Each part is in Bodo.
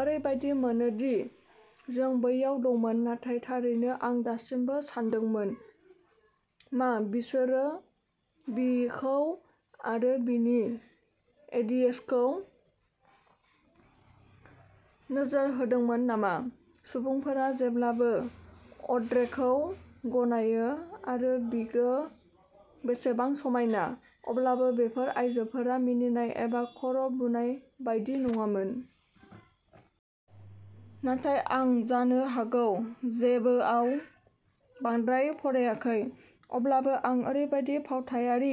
ओरैबायदि मोनो दि जों बैयाव दंमोन, नाथाय थारैनो आं दासिमबो सानदोंमोन... मा बिसोरो बिखौ आरो बिनि डिएसखौ नोजोर होदोंमोन नामा? सुबुंफोरा जेब्लाबो अड्रेखौ गनायो आरो बियो बेसेबां समायना, अब्लाबो बेफोर आइजोफोरा मिनिनाय एबा खर'बुनाय बायदि नङामोन... नाथाय आं जानो हागौ जेबोआव बांद्राय फरायाखै। अब्लाबो, आं ओरैबायदि फावथायारि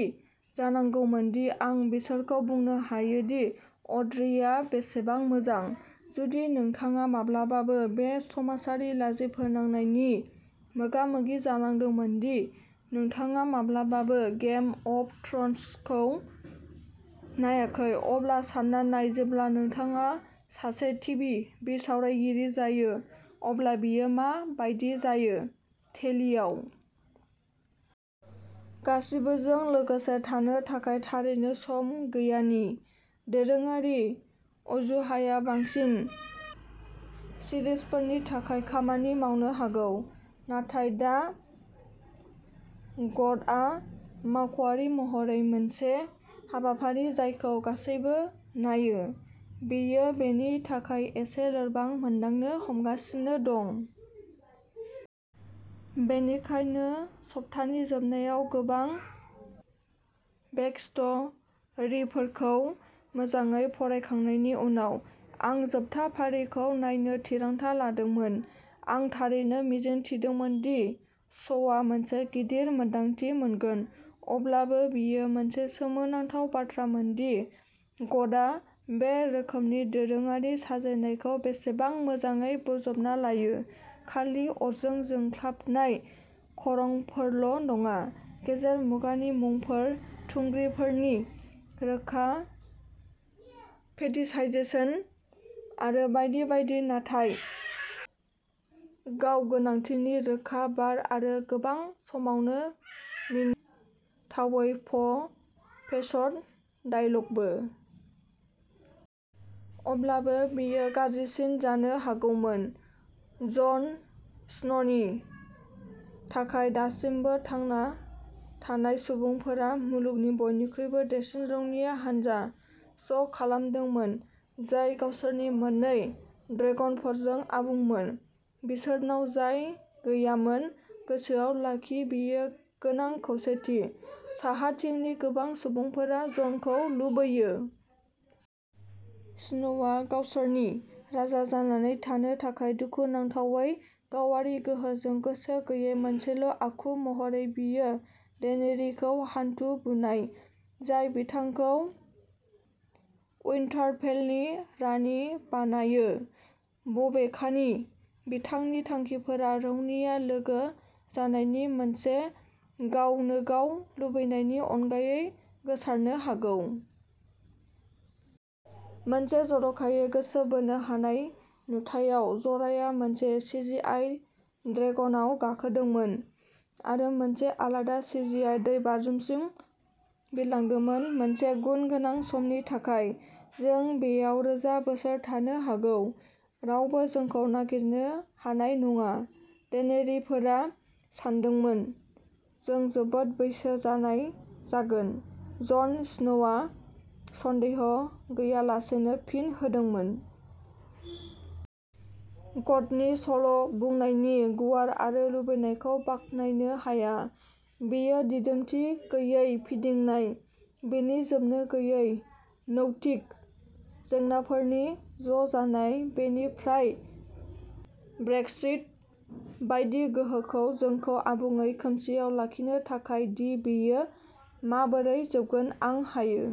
जानांगौमोन दि आं बिसोरखौ बुंनो हायोदि अड्रेआ बेसेबां मोजां! जुदि नोंथाङा माब्लाबाबो बे समाजारि लाजिफोनांनायनि मोगा-मोगि जानांदोंमोन दि नोंथाङा माब्लाबाबो गेम अफ थ्र'न्स खौ नायाखै, अब्ला सानना नाय जेब्ला नोंथाङा सासे टिभि बिसावरायगिरि जायो, अब्ला बेयो मा बायदि जायो।'टेलिआव गासिबोजों लोगोसे थानो थाखाय थारैनो सम गैया'नि दोरोङारि अजुहाया बांसिन सिरिजफोरनि थाखाय खामानि मावनो हागौ। नाथाय दा ग'टआ मावख'आरि महरै मोनसे हाबाफारि जायखौ गासैबो नायो, बेयो बेनि थाखाय एसे लोरबां मोनदांनो हमगासिनो दं। बेनिखायनो, सप्तानि जोबनायाव गोबां बेकस्ट'रिफोरखौ मोजाङै फरायखांनायनि उनाव, आं जोबथा फारिखौ नायनो थिरांथा लादोंमोन। आं थारैनो मिजिं थिदोंमोन दि श'आ मोनसे गिदिर मोनदांथि मोनगोन। अब्लाबो, बेयो मोनसे सोमोनांथाव बाथ्रामोन दि ग'टआ बे रोखोमनि दोरोङारि साजायनायखौ बेसेबां मोजाङै बोजबना लायोः खालि अरजों जोंख्लाबनाय खरंफोरल'नङा, गेजेर मुगानि मुंफोर, थुंग्रिफोरनि रोखा फेटिशाइजेशन आरो बायदि बायदि, नाथाय गाव-गोनांथिनि रोखा बार आरो गोबां समावनो मिनिथावै प'- फेसड डायलगबो। अब्लाबो, बेयो गाज्रिसिन जानो हागौमोन। जन स्न'नि थाखाय, दासिमबो थांना थानाय सुबुंफोरा'मुलुगनि बयनिख्रुइबो देरसिन रौनिया हानजा'ज'खालामदोंमोन, जाय गावसोरनि मोननै ड्रेगनफोरजों आबुंमोन। बिसोरनाव जाय गैयामोन, गोसोआव लाखि, बेयो गोनां खौसेथि। साहाथिंनि गोबां सुबुंफोरा जनखौ लुबैयो। स्नोआ गावसोरनि राजा जानानै थानो थाखाय। दुखुनांथावै, गावारि गोहोजों गोसो गैयै मोनसेल'आखु महरै, बियो डेनेरिखौ'हान्थु बुनाय ', जाय बिथांखौ उइन्टारफेलनि रानि बानायो-बबेखानि बिथांनि थांखिफोरा रौनिया लोगो जानायनि मोनसे गावनोगाव लुबैनायनि अनगायै गोसारनो हागौ। मोनसे जर'खायै गोसो बोनो हानाय नुथायाव, जराया मोनसे सिजिआइ ड्रेगनआव गाखोदोंमोन आरो मोनसे आलादा सिजिआइ दैबाज्रुमसिम बिरलांदोंमोन मोनसे गुनगोनां समनि थाखाय।'जों बेयाव रोजा बोसोर थानो हागोन। रावबो जोंखौ नागिरनो हानाय नङा,'डेनेरिफोरा सानदोंमोन।'जों जोबोद बैसो जानाय जागोन,'जन स्नोआ सन्देह गैयालासेनो फिन होदोंमोन। ग'टनि सल'बुंनायनि गुवार आरो लुबैनायखौ बाख्नायनो हायाः बेनि दिदोमथि गैयै फिदिंनाय, बेनि जोबनो गैयै नैतिक जेंनाफोरनि ज'जानाय, बेनि फ्राय ब्रेक्सिट बायदि गोहोखौ जोंखौ आबुङै खोमसिआव लाखिनो थाखाय दि बेयो माबोरै जोबगोन। आं हायो।